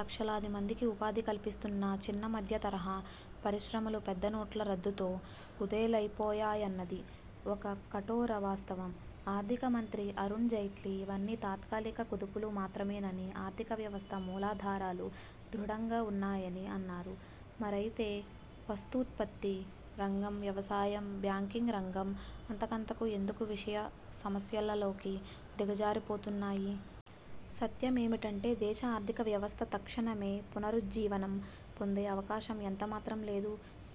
లక్షలాది మందికి ఉపాధి కల్పిస్తున్న చిన్న, మధ్యతరహా పరిశ్రమలు పెద్ద నోట్ల రద్దుతో కుదేలైపోయాయన్నది ఒక కఠోర వాస్తవం. ఆర్థికమంత్రి అరుణ్ జైట్లీ ఇవన్నీ తాత్కాలిక కుదుపులు మాత్రమేనని, ఆర్థిక వ్యవస్థ మూలాధారాలు దృఢంగా వున్నాయని అన్నారు. మరయితే వస్తూత్పత్తి రంగం, వ్యవసాయం, బ్యాంకింగ్ రంగం అంతకంతకూ ఎందుకు విషమ సమస్యలలోకి దిగజారిపోతున్నాయి? సత్యమేమిటంటే దేశ ఆర్థిక వ్యవస్థ తక్షణమే పునరుజ్జీవనం పొందే అవకాశం ఎంత మాత్రం లేదు.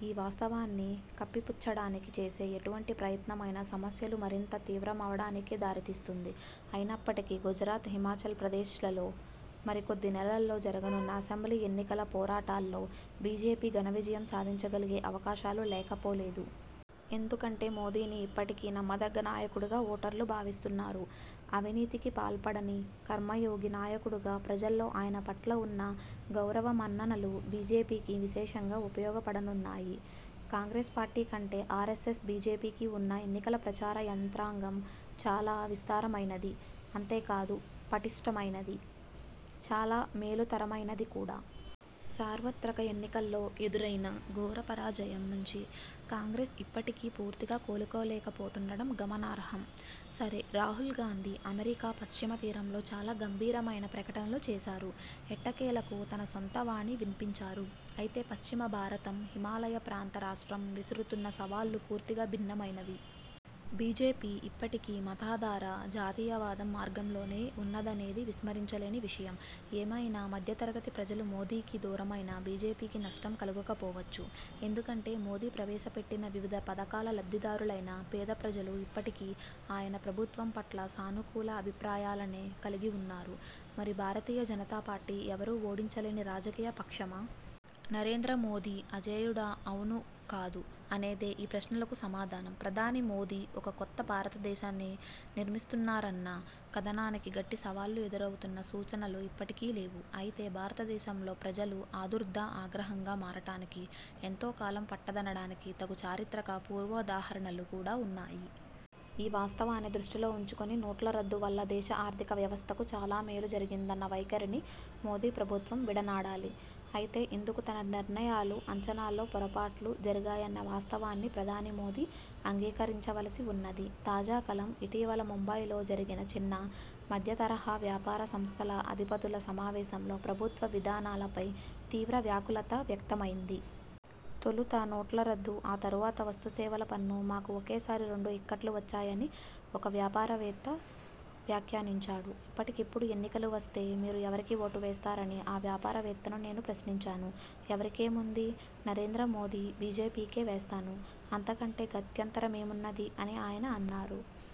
ఈ వాస్తవాన్ని కప్పిపుచ్చడానికి చేసే ఎటువంటి ప్రయత్నమైనా సమస్యలు మరింత తీవ్రమవడానికే దారితీస్తుంది. అయినప్పటికీ గుజరాత్, హిమాచల్ ప్రదేశ్లలో మరికొద్దినెలల్లో జరగనున్న అసెంబ్లీ ఎన్నికల పోరాటాల్లో బీజేపీ ఘన విజయం సాధించగలిగే అవకాశాలు లేకపోలేదు. ఎందుకంటే మోదీని ఇప్పటికీ నమ్మదగ్గ నాయకుడుగా ఓటర్లు భావిస్తున్నారు. అవినీతికిపాల్పడని 'కర్మయోగి' నాయకుడుగా ప్రజల్లో ఆయన పట్ల వున్న గౌరవమన్ననలు బీజేపీకి విశేషంగా ఉపయోగపడనున్నాయి. కాంగ్రెస్ పార్టీ కంటే ఆరెస్సెస్–బీజేపీకి వున్న ఎన్నికల ప్రచార యంత్రాంగం చాలా విస్తారమైనది. అంతేకాదు, పటిష్ఠమైనది. చాలా మేలుతరమైనది కూడా. సార్వత్రక ఎన్నికల్లో ఎదురైన ఘోరపరాజయం నుంచి కాంగ్రెస్ ఇప్పటికీ పూర్తిగా కోలుకోలేకపోతుండడం గమనార్హం. సరే, రాహుల్ గాంధీ అమెరికా పశ్చిమ తీరంలో చాలా గంభీరమైన ప్రకటనలు చేశారు. ఎట్టకేలకు తన సొంత వాణి విన్పించారు. అయితే పశ్చిమ భారతం, హిమాలయ ప్రాంత రాష్ట్రం విసురుతున్న సవాళ్ళు పూర్తిగా భిన్నమైనవి. బీజేపీ ఇప్పటికీ మతాధార 'జాతీయవాదం' మార్గంలోనే వున్నదనేది విస్మరించలేని విషయం. ఏమైనా మధ్యతరగతి ప్రజలు మోదీకి దూరమైనా బీజేపీకి నష్టం కలుగకపోవచ్చు. ఎందుకంటే మోదీ ప్రవేశపెట్టిన వివిధ పథకాల లబ్ధిదారులైన పేదప్రజలు ఇప్పటికీ ఆయన ప్రభుత్వం పట్ల సానుకూల అభిప్రాయాలనే కలిగివున్నారు. మరి భారతీయ జనతా పార్టీ ఎవరూ ఓడించలేని రాజకీయ పక్షమా? నరేంద్ర మోదీ అజేయుడా? అవును, కాదు అనేదే ఈ ప్రశ్నలకు సమాధానం. ప్రధాని మోదీ ఒక 'కొత్త' భారతదేశాన్ని నిర్మిస్తున్నారన్న కథనానికి గట్టి సవాళ్లు ఎదురవుతున్న సూచనలు ఇప్పటికీ లేవు. అయితే భారతదేశంలో ప్రజల ఆదుర్దా ఆగ్రహంగా మారటానికి ఎంతోకాలం పట్టదనడానికి తగు చారిత్రక పూర్వోదాహరణలు కూడా వున్నాయి. ఈ వాస్తవాన్ని దృష్టిలో ఉంచుకొని నోట్ల రద్దు వల్ల దేశ ఆర్థిక వ్యవస్థకు చాలా మేలు జరిగిందన్న వైఖరిని మోదీ ప్రభుత్వం విడనాడాలి. అయితే ఇందుకు తన నిర్ణయాలు, అంచనాల్లో పొరపాట్లు జరిగాయన్న వాస్తవాన్ని ప్రధాని మోదీ అంగీకరించవలసి వున్నది. తాజా కలం: ఇటీవల ముంబైలో జరిగిన చిన్న, మధ్యతరహా వ్యాపార సంస్థల అధిపతుల సమావేశంలో ప్రభుత్వ విధానాలపై తీవ్ర వ్యాకులత వ్యక్తమయింది. 'తొలుత నోట్ల రద్దు, ఆ తరువాత వస్తుసేవల పన్ను! మాకు ఒకేసారి రెండు ఇక్కట్లు వచ్చాయని' ఒక వ్యాపారవేత్త వ్యాఖ్యానించాడు. ఇప్పటికిప్పుడు ఎన్నికలు వస్తే మీరు ఎవరికి ఓటు వేస్తారని ఆ వ్యాపారవేత్తను నేను ప్రశ్నించాను. 'ఎవరికేముంది? నరేంద్రమోదీ, బీజేపీకే వేస్తాను. అంతకంటే గత్యంతరమేమున్నది? ' అని ఆయన అన్నారు.